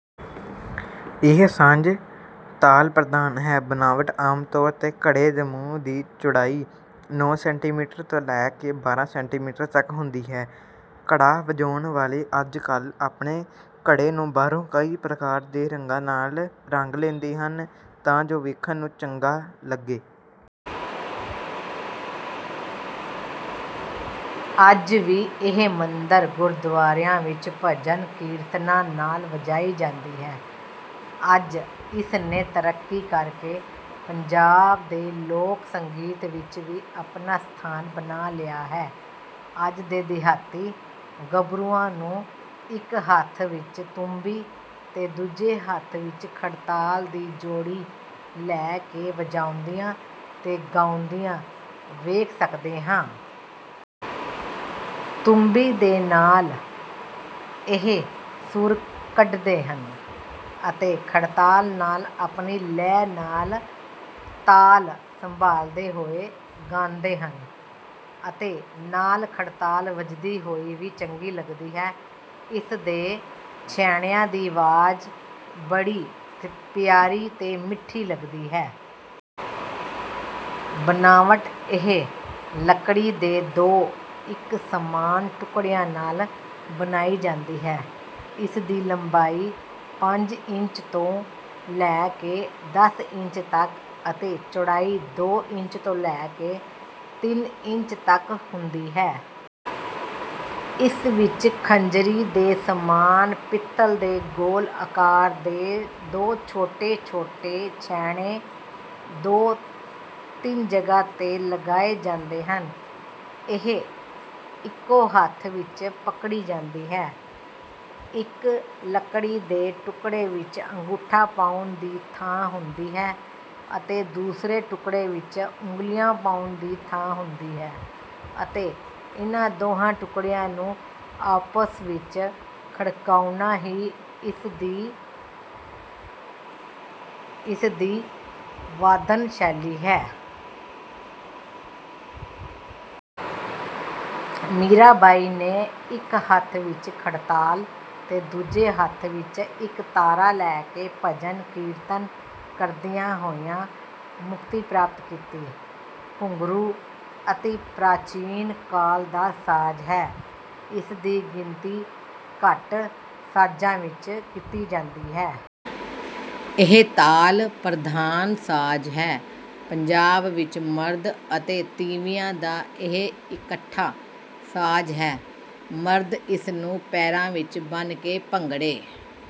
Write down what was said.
ਇਹ ਸਾਜ਼ ਤਾਲ ਪ੍ਰਧਾਨ ਹੈ। ਬਣਾਵਟ, ਆਮ ਤੌਰ ਤੇ ਘੜੇ ਦੇ ਮੂੰਹ ਦੀ ਚੌੜਾਈ ਨੌ ਸੈਂਟੀਮੀਟਰ ਤੋਂ ਲੈ ਕੇ ਬਾਰਾਂ ਸੈਂਟੀਮੀਟਰ ਤਕ ਹੁੰਦੀ ਹੈ। ਘੜਾ ਵਜਾਉਣ ਵਾਲੇ ਅੱਜ ਕਲ੍ਹ ਆਪਣੇ ਘੜੇ ਨੂੰ ਬਾਹਰੋਂ ਕਈ ਪ੍ਰਕਾਰ ਦੇ ਰੰਗਾਂ ਨਾਲ ਰੰਗ ਲੈਂਦੇ ਹਨ ਤਾਂ ਜੋ ਵੇਖਣ ਨੂੰ ਚੰਗਾਂ ਲੱਗੇ। ਅੱਜ ਵੀ ਇਹ ਮੰਦਰ, ਗੁਰਦੁਆਰਿਆਂ ਵਿੱਚ ਭਜਨ, ਕੀਰਤਨਾਂ ਨਾਲ ਵਜਾਈ ਜਾਂਦੀ ਹੈ। ਅੱਜ ਇਸ ਨੇ ਤਰੱਕੀ ਕਰ ਕੇ ਪੰਜਾਬ ਦੇ ਲੋਕ ਸੰਗੀਤ ਵਿੱਚ ਵੀ ਆਪਣਾ ਸਥਾਨ ਬਣਾ ਲਿਆ ਹੈ। ਅੱਜ ਦੇ ਦਿਹਾਤੀ ਗੱਭਰੂਆਂ ਨੂੰ, ਇੱਕ ਹੱਥ ਵਿੱਚ ਤੂੰਬੀ ਤੇ ਦੂਜੇ ਹੱਥ ਵਿੱਚ ਖੜਤਾਲ ਦੀ ਜੋੜੀ ਲੈ ਕੇ ਵਜਾਉਂਦਿਆਂ ਤੇ ਗਾਉਂਦਿਆਂ ਵੇਖ ਸਕਦੇ ਹਾਂ। ਤੂੰਬੀ ਦੇ ਨਾਲ ਇਹ ਸੁਰ ਕੱਢਦੇ ਹਨ ਅਤੇ ਖੜਤਾਲ ਨਾਲ ਆਪਣੀ ਲੈਅ ਨਾਲ ਤਾਲ ਸੰਭਾਲਦੇ ਹੋਏ ਗਾਂਦੇ ਹਨ ਅਤੇ ਨਾਲ ਖੜਤਾਲ ਵੱਜਦੀ ਹੋਈ ਵੀ ਚੰਗੀ ਲਗਦੀ ਹੈ। ਇਸ ਦੇ ਛੈਣਿਆਂ ਦੀ ਆਵਾਜ਼ ਬੜੀ ਪਿਆਰੀ ਤੇ ਮਿੱਠੀ ਲੱਗਦੀ ਹੈ। ਬਣਾਵਟ, ਇਹ ਲੱਕੜੀ ਦੇ ਦੋ, ਇੱਕ ਸਮਾਨ ਟੁਕੜਿਆਂ ਨਾਲ ਬਣਾਈ ਜਾਂਦੀ ਹੈ। ਇਸ ਦੀ ਲੰਬਾਈ ਪੰਜ ਇੰਚ ਤੋਂ ਲੈ ਕੇ ਦਸ ਇੰਚ ਤਕ ਅਤੇ ਚੌੜਾਈ ਦੋ ਇੰਚ ਤੋਂ ਲੈ ਕੇ ਤਿੰਨ ਇੰਚ ਤਕ ਹੁੰਦੀ ਹੈ। ਇਸ ਵਿੱਚ ਖੰਜਰੀ ਦੇ ਸਮਾਨ ਪਿੱਤਲ ਦੇ ਗੋਲ ਆਕਾਰ ਦੇ ਛੋਟੇ-ਛੋਟੇ ਛੈਣੇ ਦੋ ਤਿੰਨ ਜਗ੍ਹਾ ਤੇ ਲਗਾਏ ਜਾਂਦੇ ਹਨ। ਇਹ ਇਕੋ ਹੱਥ ਵਿੱਚ ਪਕੜੀ ਜਾਂਦੀ ਹੈ। ਇੱਕ ਲਕੜੀ ਦੇ ਟੁਕੜੇ ਵਿੱਚ ਅੰਗੂਠਾ ਪਾਉਣ ਦੀ ਥਾਂ ਹੁੰਦੀ ਹੈ ਅਤੇ ਦੂਸਰੇ ਟੁਕੜੇ ਵਿੱਚ ਉਂਗਲੀਆਂ ਪਾਉਣ ਦੀ ਥਾਂ ਹੁੰਦੀ ਹੈ ਅਤੇ ਇਨ੍ਹਾਂ ਦੋਹਾਂ ਟੁਕੜਿਆਂ ਨੂੰ ਆਪਸ ਵਿੱਚ ਖੜਕਾਉਣਾ ਹੀ ਇਸ ਦੀ ਵਾਦਨ ਸ਼ੈਲੀ ਹੈ। ਮੀਰਾ ਬਾਈ ਨੇ ਇੱਕ ਹੱਥ ਵਿੱਚ ਖੜਤਾਲ ਤੇ ਦੂਜੇ ਹੱਥ ਵਿੱਚ ਇੱਕ ਤਾਰਾ ਲੇੈ ਕੇ ਭਜਨ, ਕੀਰਤਨ ਕਰਦਿਆਂ ਹੋਇਆਂ ਮੁਕਤੀ ਪ੍ਰਾਪਤ ਕੀਤੀ| ਘੁੰਘਰੂ ਅਤਿ ਪ੍ਰਾਚੀਨ ਕਾਲ ਦਾ ਸਾਜ਼ ਹੈ। ਇਸ ਦੀ ਗਿਣਤੀ ਘਟ ਸਾਜ਼ਾਂ ਵਿੱਚ ਕੀਤੀ ਜਾਂਦੀ ਹੈ। ਇਹ ਤਾਲ ਪ੍ਰਧਾਨ ਸਾਜ਼ ਹੈ। ਪੰਜਾਬ ਵਿੱਚ ਮਰਦ ਅਤੇ ਤੀਵੀਆਂ ਦਾ ਇਹ ਇਕੱਠਾ ਸਾਜ਼ ਹੈ। ਮਰਦ ਇਸ ਨੂੰ ਪੈਰਾਂ ਵਿੱਚ ਬੰਨ੍ਹ ਕੇ ਭੰਗੜੇ